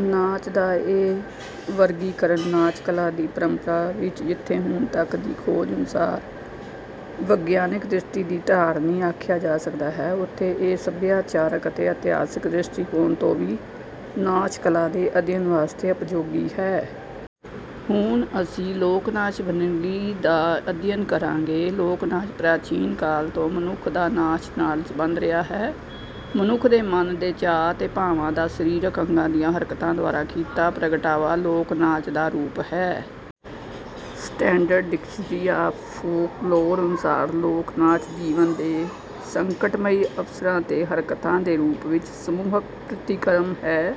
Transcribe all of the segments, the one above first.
ਨਾਚ ਦਾ ਇਹ ਵਰਗੀਕਰਨ ਨਾਚ ਕਲਾ ਦੀ ਪਰੰਪਰਾ ਵਿੱਚ ਜਿੱਥੇ ਹੁਣ ਤੱਕ ਦੀ ਖੋਜ ਅਨੁਸਾਰ ਵਿਗਿਆਨਕ ਦ੍ਰਿਸ਼ਟੀ ਦੀ ਧਾਰਨੀ ਆਖਿਆ ਜਾ ਸਕਦਾ ਹੈ, ਉੱਥੇ ਇਹ ਸਭਿਆਚਾਰਕ ਅਤੇ ਇਤਿਹਾਸਕ ਦ੍ਰਿਸ਼ਟੀਕੋਣ ਤੋਂ ਵੀ ਨਾਚ ਕਲਾ ਦੇ ਅਧਿਐਨ ਵਾਸਤੇ ਉਪਯੋਗੀ ਹੈ। ਹੁਣ ਅਸੀਂ ਲੋਕ ਨਾਚ ਵੰਨਗੀ ਦਾ ਅਧਿਐਨ ਕਰਾਂਗੇ ਲੋਕ ਨਾਚ ਪ੍ਰਾਚੀਨ ਕਾਲ ਤੋਂ ਮਨੁੱਖ ਦਾ ਨਾਚ ਨਾਲ ਸੰਬੰਧ ਰਿਹਾ ਹੈ। ਮਨੁੱਖ ਦੇ ਮਨ ਦੇ ਚਾਅ ਤੇ ਭਾਵਾਂ ਦਾ ਸਰੀਰਕ ਅੰਗਾਂ ਦੀਆਂ ਹਰਕਤਾਂ ਦੁਆਰਾ ਕੀਤਾ ਪ੍ਰਗਟਾਵਾ ਲੋਕ ਨਾਚ ਦਾ ਰੂਪ ਹੈ। ਸਟੈਂਡਰਡ ਡਿਕਸ਼ਨਰੀ ਆਫ਼ ਫੋਕਲੋਰ ਅਨੁਸਾਰ, “ਲੋਕ ਨਾਚ ਜੀਵਨ ਦੇ ਸੰਕਟਮਈ ਅਵਸਰਾਂ ’ਤੇ ਹਰਕਤਾਂ ਦੇ ਰੂਪ ਵਿੱਚ ਸਮੂਹਿਕ ਪ੍ਰਤੀਕਰਮ ਹੈ,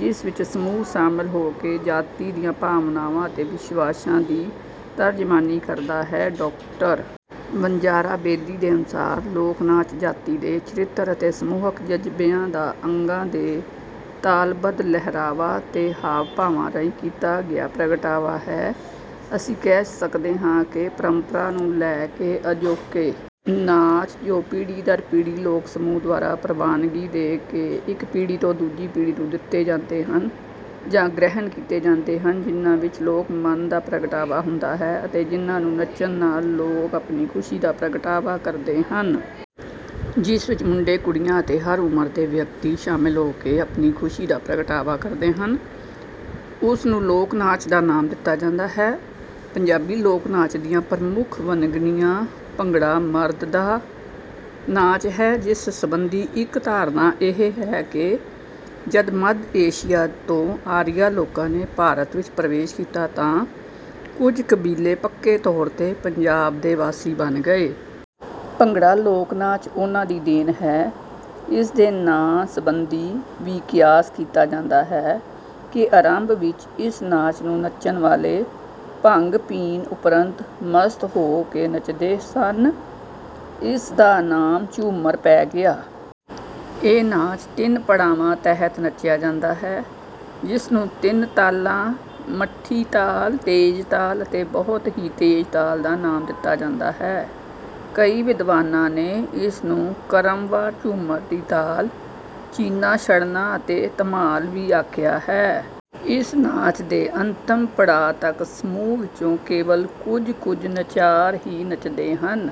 ਜਿਸ ਵਿੱਚ ਸਮੂਹ ਸ਼ਾਮਲ ਹੋ ਕੇ ਜਾਤੀ ਦੀਆਂ ਭਾਵਨਾਵਾਂ ਅਤੇ ਵਿਸ਼ਵਾਸਾਂ ਦੀ ਤਰਜਮਾਨੀ ਕਰਦਾ ਹੈ।”ਡਾ. ਵਣਜਾਰਾ ਬੇਦੀ ਦੇ ਅਨੁਸਾਰ, “ਲੋਕ ਨਾਚ ਜਾਤੀ ਦੇ ਚਰਿੱਤਰ ਤੇ ਸਮੂਹਿਕ ਜਜ਼ਬਿਆਂ ਦਾ ਅੰਗਾਂ ਦੇ ਤਾਲਬੱਧ ਲਹਿਰਾਵਾਂ ਤੇ ਹਾਵ-ਭਾਵਾਂ ਰਾਹੀਂ ਕੀਤਾ ਗਿਆ ਪ੍ਰਗਟਾਵਾ ਹੈ।”ਅਸੀਂ ਕਹਿ ਸਕਦੇ ਹਾਂ ਕਿ ਪਰੰਪਰਾ ਨੂੰ ਲੈ ਕੇ ਅਜੋਕੇ ਨਾਚ, ਜੋ ਪੀੜ੍ਹੀ ਦਰ ਪੀੜ੍ਹੀ ਲੋਕ-ਸਮੂਹ ਦੁਆਰਾ ਪ੍ਰਵਾਨਗੀ ਦੇ ਕੇ ਇੱਕ ਪੀੜ੍ਹੀ ਤੋਂ ਦੂਜੀ ਪੀੜ੍ਹੀ ਨੂੰ ਦਿੱਤੇ ਜਾਂਦੇ ਹਨ ਜਾਂ ਗ੍ਰਹਿਣ ਕੀਤੇ ਜਾਂਦੇ ਹਨ, ਜਿਨ੍ਹਾਂ ਵਿੱਚ ਲੋਕ-ਮਨ ਦਾ ਪ੍ਰਗਟਾਵਾ ਹੁੰਦਾ ਹੈ ਅਤੇ ਜਿਨ੍ਹਾਂ ਨੂੰ ਨੱਚਣ ਨਾਲ ਲੋਕ ਆਪਣੀ ਖੁਸ਼ੀ ਦਾ ਪ੍ਰਗਟਾਵਾ ਕਰਦੇ ਹਨ। ਜਿਸ ਵਿੱਚ ਮੁੰਡੇ, ਕੁੜੀਆਂ ਅਤੇ ਹਰ ਉਮਰ ਦੇ ਵਿਅਕਤੀ ਸ਼ਾਮਲ ਹੋ ਕੇ ਆਪਣੀ ਖੁਸ਼ੀ ਦਾ ਪ੍ਰਗਟਾਵਾ ਕਰਦੇ ਹਨ, ਉਸ ਨੂੰ ਲੋਕ ਨਾਚ ਦਾ ਨਾਮ ਦਿੱਤਾ ਜਾਂਦਾ ਹੈ। ਪੰਜਾਬੀ ਲੋਕ ਨਾਚ ਦੀਆਂ ਪ੍ਰਮੁੱਖ ਵੰਨਗੀਆਂ ਭੰਗੜਾ ਮਰਦ ਦਾ ਨਾਚ ਹੈ, ਜਿਸ ਸੰਬੰਧੀ ਇੱਕ ਧਾਰਨਾ ਇਹ ਹੈ ਕਿ ਜਦ ਮੱਧ ਏਸ਼ੀਆ ਤੋਂ ਆਰੀਆ ਲੋਕਾਂ ਨੇ ਭਾਰਤ ਵਿੱਚ ਪ੍ਰਵੇਸ਼ ਕੀਤਾ ਤਾਂ ਕੁਝ ਕਬੀਲੇ ਪੱਕੇ ਤੌਰ ’ਤੇ ਪੰਜਾਬ ਦੇ ਵਾਸੀ ਬਣ ਗਏ। ‘ਭੰਗੜਾ’ ਲੋਕ ਨਾਚ ਉਨ੍ਹਾਂ ਦੀ ਦੇਣ ਹੈ। ਇਸ ਦੇ ਨਾਂ ਸੰਬੰਧੀ ਵੀ ਕਿਆਸ ਕੀਤਾ ਜਾਂਦਾ ਹੈ ਕਿ ਆਰੰਭ ਵਿੱਚ ਇਸ ਨਾਚ ਨੂੰ ਨੱਚਣ ਵਾਲੇ ਭੰਗ ਪੀਣ ਉਪਰੰਤ ਮਸਤ ਹੋ ਕੇ ਨੱਚਦੇ ਸਨ। ਇਸ ਦਾ ਨਾਮ ਝੂੰਮਰ ਪੈ ਗਿਆ। ਇਹ ਨਾਚ ਤਿੰਨ ਪੜਾਵਾਂ ਤਹਿਤ ਨੱਚਿਆ ਜਾਂਦਾ ਹੈ, ਜਿਸ ਨੂੰ ਤਿੰਨ ਤਾਲਾਂ—ਮੱਠੀ ਤਾਲ, ਤੇਜ਼ ਤਾਲ ਅਤੇ ਬਹੁਤ ਹੀ ਤੇਜ਼ ਤਾਲ—ਦਾ ਨਾਮ ਵੀ ਦਿੱਤਾ ਜਾਂਦਾ ਹੈ। ਕਈ ਵਿਦਵਾਨਾਂ ਨੇ ਇਸ ਨੂੰ ਕ੍ਰਮਵਾਰ ਝੂੰਮਰ ਦੀ ਤਾਲ, ਚੀਣਾ ਛੜਨਾ ਅਤੇ ਧਮਾਲ ਵੀ ਆਖਿਆ ਹੈ। ਇਸ ਨਾਚ ਦੇ ਅੰਤਿਮ ਪੜਾਅ ਤੱਕ ਸਮੂਹ ਵਿੱਚੋਂ ਕੇਵਲ ਕੁਝ-ਕੁਝ ਨਚਾਰ ਹੀ ਨੱਚਦੇ ਹਨ।